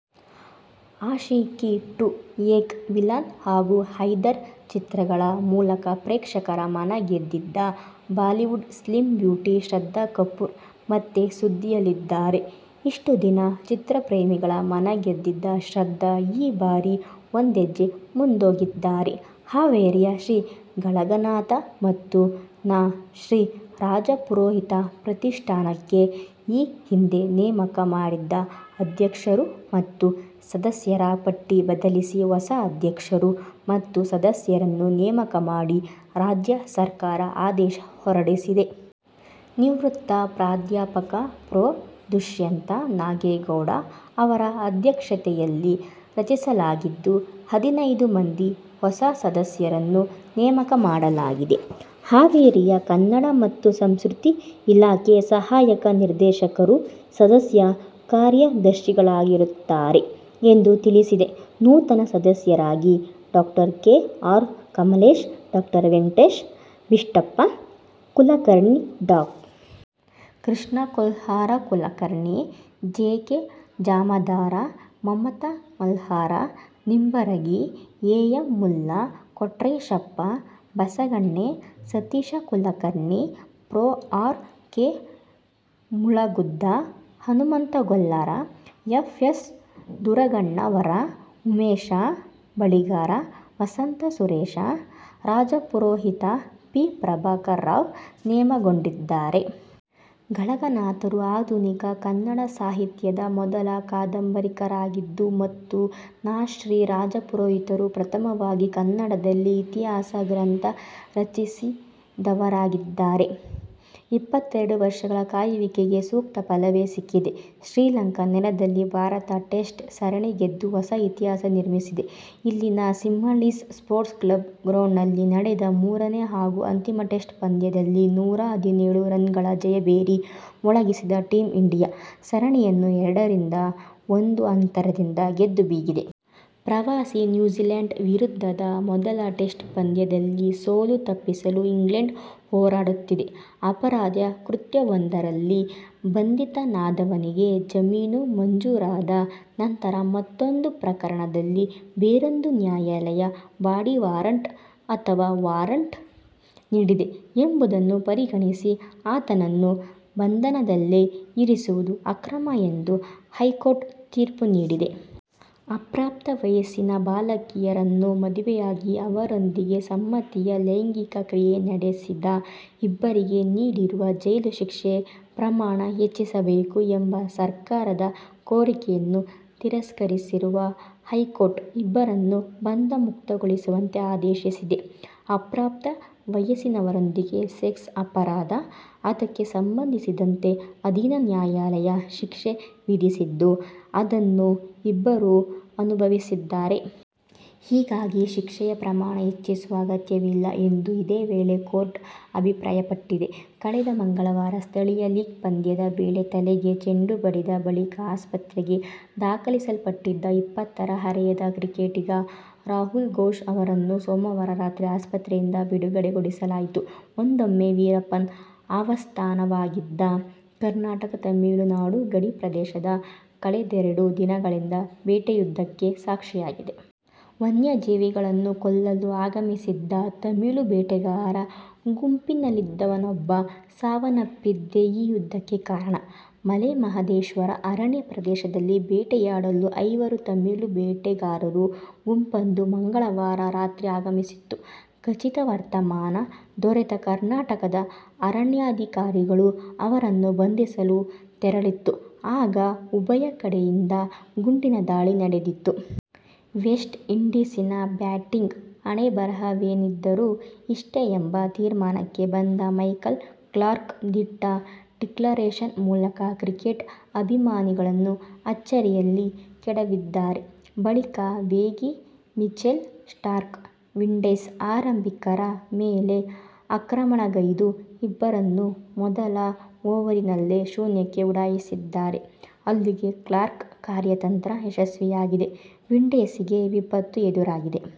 Aashiqui two, Ek villain ಹಾಗೂ ಹೈದರ್ ಚಿತ್ರಗಳ ಮೂಲಕ ಪ್ರೇಕ್ಷಕರ ಮನಗೆದ್ದಿದ್ದ ಬಾಲಿವುಡ್ ಸ್ಲಿಂ ಬ್ಯೂಟಿ ಶ್ರದ್ಧಾ ಕಪೂರ್ ಮತ್ತೆ ಸುದ್ದಿಯಲ್ಲಿದ್ದಾರೆ. ಇಷ್ಟು ದಿನ ಚಿತ್ರಪ್ರೇಮಿಗಳ ಮನಗೆದಿದ್ದ ಶ್ರದ್ದಾ ಈ ಬಾರಿ ಒಂದೆಜ್ಜೆ ಮುಂದೊಗಿದ್ದಾರೆ. ಹಾವೇರಿಯ ಶ್ರೀ ಗಳಗನಾಥ ಮತ್ತು ನಾ. ಶ್ರೀ. ರಾಜಪುರೋಹಿತ ಪ್ರತಿಷ್ಠಾನಕ್ಕೆ ಈ ಹಿಂದೆ ನೇಮಕ ಮಾಡಿದ್ದ ಅಧ್ಯಕ್ಷರು ಮತ್ತು ಸದಸ್ಯರ ಪಟ್ಟಿ ಬದಲಿಸಿ ಹೊಸ ಅಧ್ಯಕ್ಷರು ಮತ್ತು ಸದಸ್ಯರನ್ನು ನೇಮಕ ಮಾಡಿ ರಾಜ್ಯ ಸರ್ಕಾರ ಆದೇಶ ಹೊರಡಿಸಿದೆ. ನಿವೃತ್ತ ಪ್ರಾಧ್ಯಾಪಕ ಪ್ರೊ. ದುಷ್ಯಂತ ನಾಡಗೌಡ ಅವರ ಅಧ್ಯಕ್ಷತೆಯಲ್ಲಿ ರಚಿಸಲಾಗಿದ್ದು, ಹದಿನೈದು ಮಂದಿ ಹೊಸ ಸದಸ್ಯರನ್ನು ನೇಮಕ ಮಾಡಲಾಗಿದೆ. ಹಾವೇರಿಯ ಕನ್ನಡ ಮತ್ತು ಸಂಸ್ಕೃತಿ ಇಲಾಖೆ ಸಹಾಯಕ ನಿರ್ದೇಶಕರು ಸದಸ್ಯ ಕಾರ್ಯದರ್ಶಿಗಳಾಗಿರುತ್ತಾರೆ ಎಂದು ತಿಳಿಸಿದೆ. ನೂತನ ಸದಸ್ಯರಾಗಿ ಡಾ. ಕೆ. ಆರ್. ಕಮಲೇಶ್, ಡಾ. ವೆಂಕಟೇಶ್ ಬಿಷ್ಟಪ್ಪ ಕುಲಕರ್ಣಿ, ಡಾ. Krishna Kolhar Kulkarni, J. K. Jamadar, Mamata Malhar Nimbaragi, A. M. Mulla, Kotreshappa Basaganne, Satish Kulkarni, ಪ್ರೊ. R. K. Mulagund, Hanumant Gollar, F. S. Duragannavar, Umesh Baligar, Vasant Suresh Rajpurohit, P. Prabhakar Rao ನೇಮಕಗೊಂಡಿದ್ದಾರೆ. ಗಳಗನಾಥರು ಆಧುನಿಕ ಕನ್ನಡ ಸಾಹಿತ್ಯದ ಮೊದಲ ಕಾದಂಬರಿಕಾರರಾಗಿದ್ದು ಮತ್ತು ನಾ. ಶ್ರೀ. ರಾಜಪುರೋಹಿತರು ಪ್ರಥಮವಾಗಿ ಕನ್ನಡದಲ್ಲಿ ಇತಿಹಾಸ ಗ್ರಂಥ ರಚಿಸಿದವರಾಗಿದ್ದಾರೆ. ಇಪ್ಪತ್ತೆರಡು ವರ್ಷಗಳ ಕಾಯುವಿಕೆಗೆ ಸೂಕ್ತ ಫಲವೇ ಸಿಕ್ಕಿದೆ. ಶ್ರೀಲಂಕಾ ನೆಲದಲ್ಲಿ ಭಾರತ ಟೆಸ್ಟ್ ಸರಣಿ ಗೆದ್ದು ಹೊಸ ಇತಿಹಾಸ ನಿರ್ಮಿಸಿದೆ. ಇಲ್ಲಿನ ಸಿಂಹಳೀಸ್ ನ್ಪೋರ್ಟ್ಸ್ ಕ್ಲಬ್ ಗ್ರೌಂಡ್ನಲ್ಲಿ ನಡೆದ ಮೂರನೇ ಹಾಗೂ ಅಂತಿಮ ಟೆಸ್ಟ್ ಪಂದ್ಯದಲ್ಲಿ ನೂರಾ ಹದಿನೇಳು ರನ್ನುಗಳ ಜಯಭೇರಿ ಮೊಳಗಿಸಿದ ಟೀಮ್ ಇಂಡಿಯಾ, ಸರಣಿಯನ್ನು ಎರಡರಿಂದ ಒಂದು ಅಂತರದಿಂದ ಗೆದ್ದು ಬೀಗಿದೆ. ಪ್ರವಾಸಿ ನ್ಯೂಜಿಲ್ಯಾಂಡ್ ವಿರುದ್ಧದ ಮೊದಲ ಟೆಸ್ಟ್ ಪಂದ್ಯದಲ್ಲಿ ಸೋಲು ತಪ್ಪಿಸಲು ಇಂಗ್ಲೆಂಡ್ ಹೋರಾಡುತ್ತಿದೆ. ಅಪರಾಧ ಕೃತ್ಯವೊಂದರಲ್ಲಿ ಬಂಧಿತನಾದವನಿಗೆ ಜಾಮೀನು ಮಂಜೂರಾದ ನಂತರ ಮತ್ತೊಂದು ಪ್ರಕರಣದಲ್ಲಿ ಬೇರೊಂದು ನ್ಯಾಯಾಲಯ ಬಾಡಿ ವಾರಂಟ್ ಅಥವಾ ವಾರಂಟ್ ನೀಡಿದೆ ಎಂಬುದನ್ನು ಪರಿಗಣಿಸಿ ಆತನನ್ನು ಬಂಧನದಲ್ಲೇ ಇರಿಸುವುದು ಅಕ್ರಮ ಎಂದು ಹೈಕೋರ್ಟ್ ತೀರ್ಪು ನೀಡಿದೆ. ಅಪ್ರಾಪ್ತ ವಯಸ್ಸಿನ ಬಾಲಕಿಯರನ್ನು ಮದುವೆಯಾಗಿ ಅವರೊಂದಿಗೆ ಸಮ್ಮತಿಯ ಲೈಂಗಿಕ ಕ್ರಿಯೆ ನಡೆಸಿದ ಇಬ್ಬರಿಗೆ ನೀಡಿರುವ ಜೈಲು ಶಿಕ್ಷೆ ಪ್ರಮಾಣ ಹೆಚ್ಚಿಸಬೇಕು ಎಂಬ ಸರ್ಕಾರದ ಕೋರಿಕೆಯನ್ನು ತಿರಸ್ಕರಿಸಿರುವ ಹೈಕೋರ್ಟ್, ಇಬ್ಬರನ್ನೂ ಬಂಧಮುಕ್ತಗೊಳಿಸುವಂತೆ ಆದೇಶಿಸಿದೆ. ಅಪ್ರಾಪ್ತ ವಯಸ್ಸಿನವರೊಂದಿಗೆ ಸೆಕ್ಸ್ ಅಪರಾಧ. ಅದಕ್ಕೆ ಸಂಬಂಧಿಸಿದಂತೆ ಅಧೀನ ನ್ಯಾಯಾಲಯ ಶಿಕ್ಷೆ ವಿಧಿಸಿದ್ದು, ಅದನ್ನು ಇಬ್ಬರೂ ಅನುಭವಿಸಿದ್ದಾರೆ. ಹೀಗಾಗಿ ಶಿಕ್ಷೆಯ ಪ್ರಮಾಣ ಹೆಚ್ಚಿಸುವ ಅಗತ್ಯವಿಲ್ಲ ಎಂದು ಇದೇ ವೇಳೆ ಕೋರ್ಟ್ ಅಭಿಪ್ರಾಯಪಟ್ಟಿದೆ. ಕಳೆದ ಮಂಗಳವಾರ ಸ್ಥಳೀಯ ಲೀಗ್ ಪಂದ್ಯದ ವೇಳೆ ತಲೆಗೆ ಚೆಂಡು ಬಡಿದ ಬಳಿಕ ಆಸ್ಪತ್ರೆಗೆ ದಾಖಲಿಸಲ್ಪಟ್ಟಿದ್ದ ಇಪ್ಪತ್ತರ ಹರೆಯದ ಕ್ರಿಕೆಟಿಗ ರಾಹುಲ್ ಘೋಷ್ ಅವರನ್ನು ಸೋಮವಾರ ರಾತ್ರಿ ಆಸ್ಪತ್ರೆಯಿಂದ ಬಿಡುಗಡೆಗೊಳಿಸಲಾಯಿತು. ಒಂದೊಮ್ಮೆ ವೀರಪ್ಪನ್ ಆವಾಸಸ್ಥಾನವಾಗಿದ್ದ ಕರ್ನಾಟಕ-ತಮಿಳುನಾಡು ಗಡಿ ಪ್ರದೇಶ ಕಳೆದೆರಡು ದಿನಗಳಿಂದ ಬೇಟೆಯುದ್ಧಕ್ಕೆ ಸಾಕ್ಷಿಯಾಗಿದೆ. ವನ್ಯಜೀವಿಗಳನ್ನು ಕೊಲ್ಲಲು ಆಗಮಿಸಿದ್ದ ತಮಿಳು ಬೇಟೆಗಾರರ ಗುಂಪಿನಲ್ಲಿದ್ದವ ನೊಬ್ಬ ಸಾವನ್ನಪ್ಪಿದ್ದೇ ಈ ಯುದ್ಧಕ್ಕೆ ಕಾರಣ. ಮಲೆ ಮಹದೇಶ್ವರ ಅರಣ್ಯ ಪ್ರದೇಶದಲ್ಲಿ ಬೇಟೆಯಾಡಲು ಐವರು ತಮಿಳು ಬೇಟೆಗಾರರ ಗುಂಪೊಂದು ಮಂಗಳವಾರ ರಾತ್ರಿ ಆಗಮಿಸಿತ್ತು. ಖಚಿತ ವರ್ತಮಾನ ದೊರೆತ ಕರ್ನಾಟಕದ ಅರಣ್ಯಾಧಿಕಾರಿಗಳು ಅವರನ್ನು ಬಂಧಿಸಲು ತೆರಳಿತ್ತು. ಆಗ ಉಭಯ ಕಡೆಯಿಂದ ಗುಂಡಿನ ದಾಳಿ ನಡೆದಿತ್ತು. ವೆಸ್ಟ್ ಇಂಡೀಸಿನ ಬ್ಯಾಟಿಂಗ್ ಹಣೆಬರಹವೇನಿದ್ದರೂ ಇಷ್ಟೇ ಎಂಬ ತೀರ್ಮಾನಕ್ಕೆ ಬಂದ ಮೈಕಲ್ ಕ್ಲಾರ್ಕ್ ದಿಟ್ಟ ಡಿಕ್ಲರೇಷನ್ ಮೂಲಕ ಕ್ರಿಕೆಟ್ ಅಭಿಮಾನಿಗಳನ್ನು ಅಚ್ಚರಿಯಲ್ಲಿ ಕೆಡವಿದ್ದಾರೆ. ಬಳಿಕ ವೇಗಿ ಮಿಚೆಲ್ ಸ್ಟಾರ್ಕ್ ವಿಂಡೀಸ್ ಆರಂಭಿಕರ ಮೇಲೆ ಆಕ್ರಮಣಗೈದು ಇಬ್ಬರನ್ನೂ ಮೊದಲ ಓವರಿನಲ್ಲೇ ಶೂನ್ಯಕ್ಕೆ ಉಡಾಯಿಸಿದ್ದಾರೆ. ಅಲ್ಲಿಗೆ ಕ್ಲಾರ್ಕ್ ಕಾರ್ಯತಂತ್ರ ಯಶಸ್ವಿಯಾಗಿದೆ; ವಿಂಡೀಸಿಗೆ ವಿಪತ್ತು ಎದುರಾಗಿದೆ.